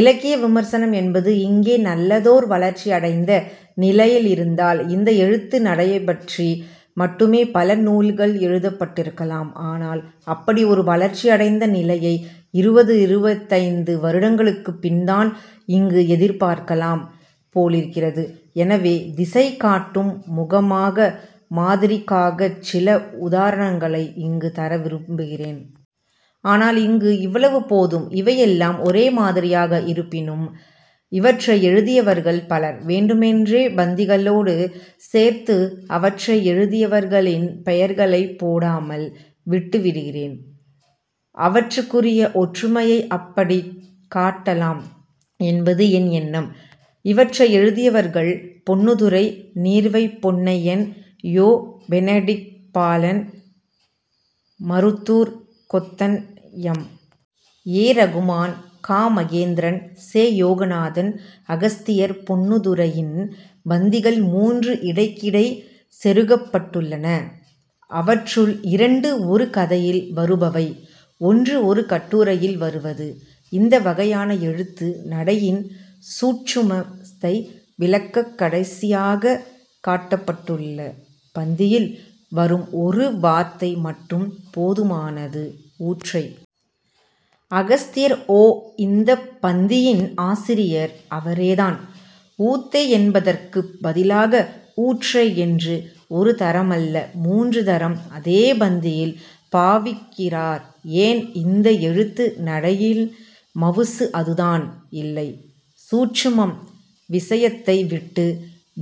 இலக்கிய விமர்சனம் என்பது இங்கே நல்லதோர் வளர்ச்சியடைந்த நிலையிலிருந்தால் இந்த எழுத்து நடையைப்பற்றி மட்டுமே பல நூல்கள் எழுதப்பட்டிருக்கலாம். ஆனால் அப்படி ஒரு வளர்ச்சியடைந்த நிலையை இருபது இருபத்தைந்து வருடங்களுக்குப் பின்தான் இங்கு எதிர்பார்க்கலாம் போலிருக்கிறது. எனவே, திசை காட்டும் முகமாக, மாதிரிக்காகச் சில உதாரணங்களை இங்கு தர விரும்புகிறேன். ஆனால் இங்கு இவ்வளவு போதும். இவையெல்லாம் ஒரே மாதிரியாக இருப்பினும் இவற்றை எழுதியவர்கள் பலர். வேண்டுமென்றே பந்திகளோடு சேர்த்து அவற்றை எழுதியவர்களின் பெயர்களைப் போடாமல் விட்டுவிடுகிறேன். அவற்றுக்குரிய ஒற்றுமையை அப்படிக் காட்டலாம் என்பது என் எண்ணம். இவற்றை எழுதியவர்கள் Ponnuthurai, Neervai Ponnaiyan, Yo. Benedict Balan Maruthoor Kothan, M. A. Rahman, Ka. Mahendran, செ. யோகநாதன், அகஸ்தியர். பொன்னுத்துரையின் பந்திகள் மூன்று இடைக்கிடை செருகப்பட்டுள்ளன. அவற்றுள் இரண்டு ஒரு கதையில் வருபவை. ஒன்று ஒரு கட்டுரையில் வருவது. இந்த வகையான எழுத்து நடையின் 'சூட்சும'த்தை விளக்கக் கடைசியாகக் காட்டப்பட்டுள்ள பந்தியில் வரும் ஒரு வார்த்தை மட்டும் போதுமானது 'ஊற்றை. 'அகஸ்தியர்'. ஓ இந்தப் பந்தியின் ஆசிரியர் அவரேதான். 'ஊத்தை' என்பதற்குப் பதிலாக 'ஊற்றை' என்று ஒரு தரமல்ல மூன்று தரம் அதே பந்தியில் பாவிக்கிறார். ஏன்? இந்த எழுத்து நடையின் மவுசு அதுதான். இல்லை. 'சூட்சுமம்'. விசயத்தை விட்டு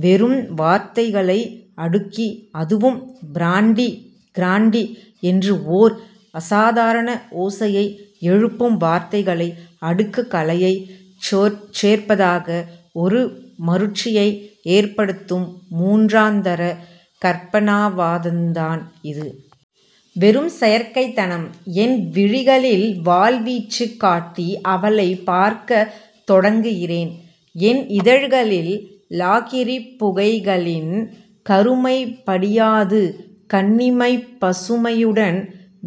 வெறும் வார்த்தைகளை அடுக்கி அதுவும் 'பிராண்டி' 'கிராண்டி' என்று ஓர் அசாதாரண ஓசையை எழுப்பும் வார்த்தைகளை அடுக்க கலையைச் சேர்ப்பதாக ஒரு மருட்சியை ஏற்படுத்தும் மூன்றாந்தர கற்பனாவாதந்தான் இது. வெறும் செயற்கைத்தனம். என் விழிகளில் வாள்வீச்சுக் காட்டி அவளைப் பார்க்கத் தொடங்குகிறேன். என் இதழ்களில் லாகிரிப் புகைகளின் கருமை படியாது, கன்னிமைப் பசுமையுடன்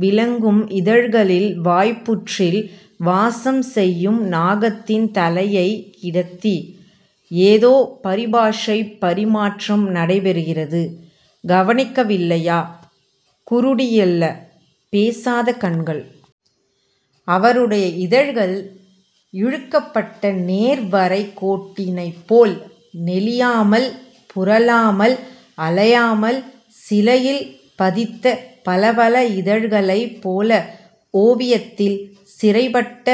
விளங்கும் இதழ்களில் வாய்ப்புற்றில் வாசம் செய்யும் நாகத்தின் தலையைக் கிடத்தி..... ஏதோ பரிபாஷைப் பரிமாற்றம் நடைபெறுகிறது. கவனிக்கவில்லையா? குருடியல்ல. பேசாத கண்கள். அவருடைய இதழ்கள் இழுக்கப்பட்ட நேர் வரைக்கோட்டினைப்போல் நெளியாமல் புரளாமல் அலையாமல் சிலையில் பதித்த பளபள இதழ்களைப் போல ஓவியத்தில் சிறைப்பட்ட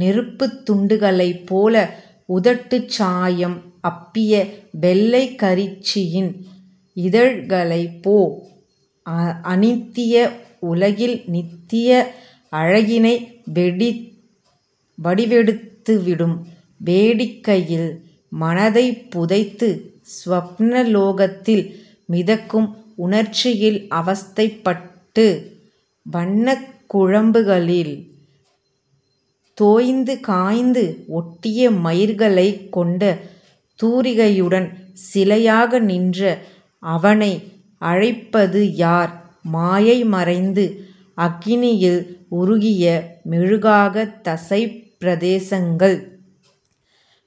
நெருப்புத் துண்டுகளைப் போல உதட்டுச் சாயம் அப்பிய வெள்ளைக்கரிச்சியின் இதழ்களைப் போ அநித்திய உலகில் நித்திய அழகினை வடிவெடுத்துவிடும் வேட்கையில் மனதைப் புதைத்து, ஸ்வப்பனலோகத்தில் மிதக்கும் உணர்ச்சியில் அவஸ்த்தைப்பட்டு, வண்ணக் குழம்புகளில் தோய்ந்து, காய்ந்து, ஒட்டிய மயிர்களைக் கொண்ட தூரிகையுடன் சிலையாக நின்ற அவனை அழைப்பது யார் மாயை மறைந்து, அக்கினியில் உருகிய மெழுகாகத் தசைப் பிரதேசங்கள்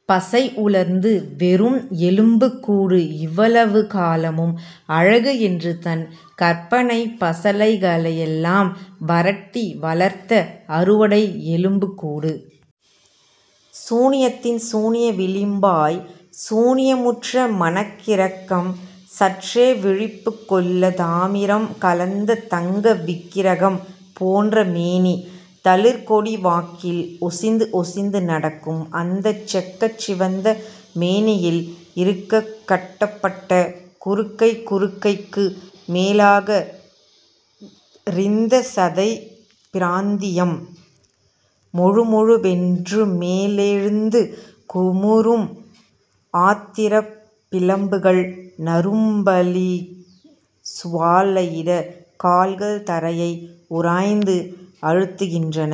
பசை உலர்ந்து-வெறும் எலும்புக் கூடு இவ்வளவு காலமும் அழகு என்று தன் கற்பனைப் பசளைகளையெல்லாம் வரட்டி வளர்த்த அறுவடை எலும்புக்கூடு. சூனியத்தின் சூனிய விளிம்பாய் சூனியமுற்ற மனக்கிறக்கம் சற்றே விழிப்புக்கொள்ளதாமிரம் கலந்த தங்க விக்கிரகம் போன்ற மேனி. தளிர் கொடிவாக்கில் ஒசிந்து ஒசிந்து நடக்கும் அந்தச் செக்கச் சிவந்த மேனியில் இறுகக் கட்டப்பட்ட குறுக்கை குறுக்கைக்கு மேலாகத் ரிந்த சதைப் பிராந்தியம், மொழுமொழுவென்றுமேலெழுந்து குமுறும் ஆத்திரப் பிளம்புகள் நரும்பலில் சுவாலையிட கால்கள் தரையை உராய்ந்து அழுத்துகின்றன.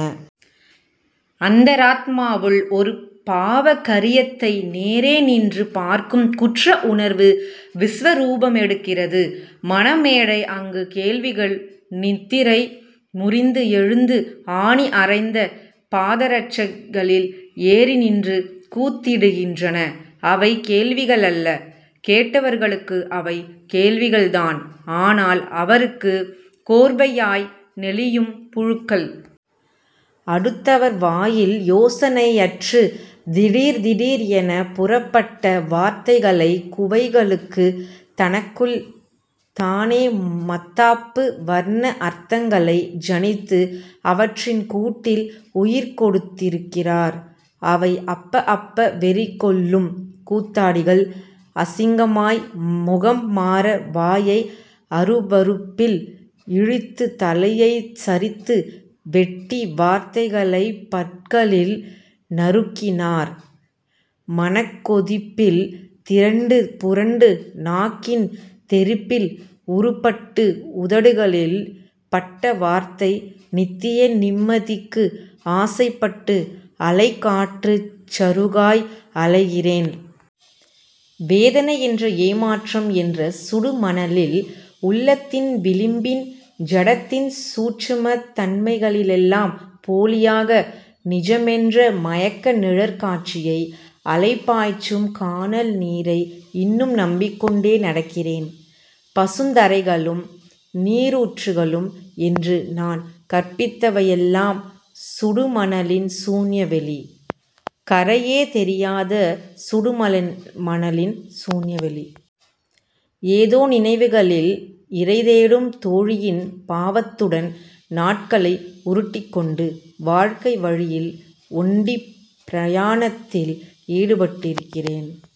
அந்தராத்மாவுள் ஒரு பாவ கரியத்தை நேரே நின்று பார்க்கும் குற்ற உணர்வு விஸ்வரூபமெடுக்கிறது மனம் மேடை அங்கு கேள்விகள் நித்திரை முறிந்து எழுந்து ஆணி அறைந்த பாதரட்சைகளில் ஏறி நின்று கூத்திடுகின்றன. அவை கேள்விகளல்ல, கேட்டவர்களுக்கு அவை கேள்விகள்தான். ஆனால் அவருக்கு கோர்வையாய் நெளியும் புழுக்கள். அடுத்தவர் வாயில் யோசனையற்று, திடீர் திடீர் எனப் புறப்பட்ட வார்த்தைக் குவைகளுக்கு தனக்குள் தானே மத்தாப்பு வர்ண அர்த்தங்களை ஜனித்து, அவற்றின் கூட்டில் உயிர் கொடுத்திருக்கிறார். அவை அப்ப அப்ப வெறிகொள்ளும் கூத்தாடிகள் அசிங்கமாய் முகம் மாற வாயை அருவருப்பில் இழித்து தலையைச் சரித்து வெட்டி வார்த்தைகளைப் பற்களில் நறுக்கினார் மனக்கொதிப்பில் திரண்டு புரண்டு நாக்கின் தெறிப்பில் உருப்பட்டு உதடுகளில் பட்ட வார்த்தை நித்திய நிம்மதிக்கு ஆசைப்பட்டு, அலை காற்றுச் சருகாய் அலைகிறேன். வேதனை என்ற ஏமாற்றம் என்ற சுடு மணலில், உள்ளத்தின் விளிம்பின் ஜடத்தின் சூட்சுமத் தன்மைகளிலெல்லாம், போலியாக, நிசமென்ற மயக்க நிழற் காட்சியை, அலைபாய்ச்சும் கானல் நீரை இன்னும் நம்பிக்கொண்டே நடக்கிறேன். பசுந்தரைகளும் நீரூற்றுகளும் என்று நான் கற்பித்தவையெல்லாம், சுடுமணலின் சூன்ய வெளி. கரையே தெரியாத சுடுமணலின் சூன்யவெளி. ஏதோ நினைவுகளில் இரைதேடும் தோழியின் பாவத்துடன் நாட்களை உருட்டிக்கொண்டு, வாழ்க்கை வழியில் ஒண்டிப் பிரயாணத்தில் ஈடுபட்டிருக்கின்றேன்.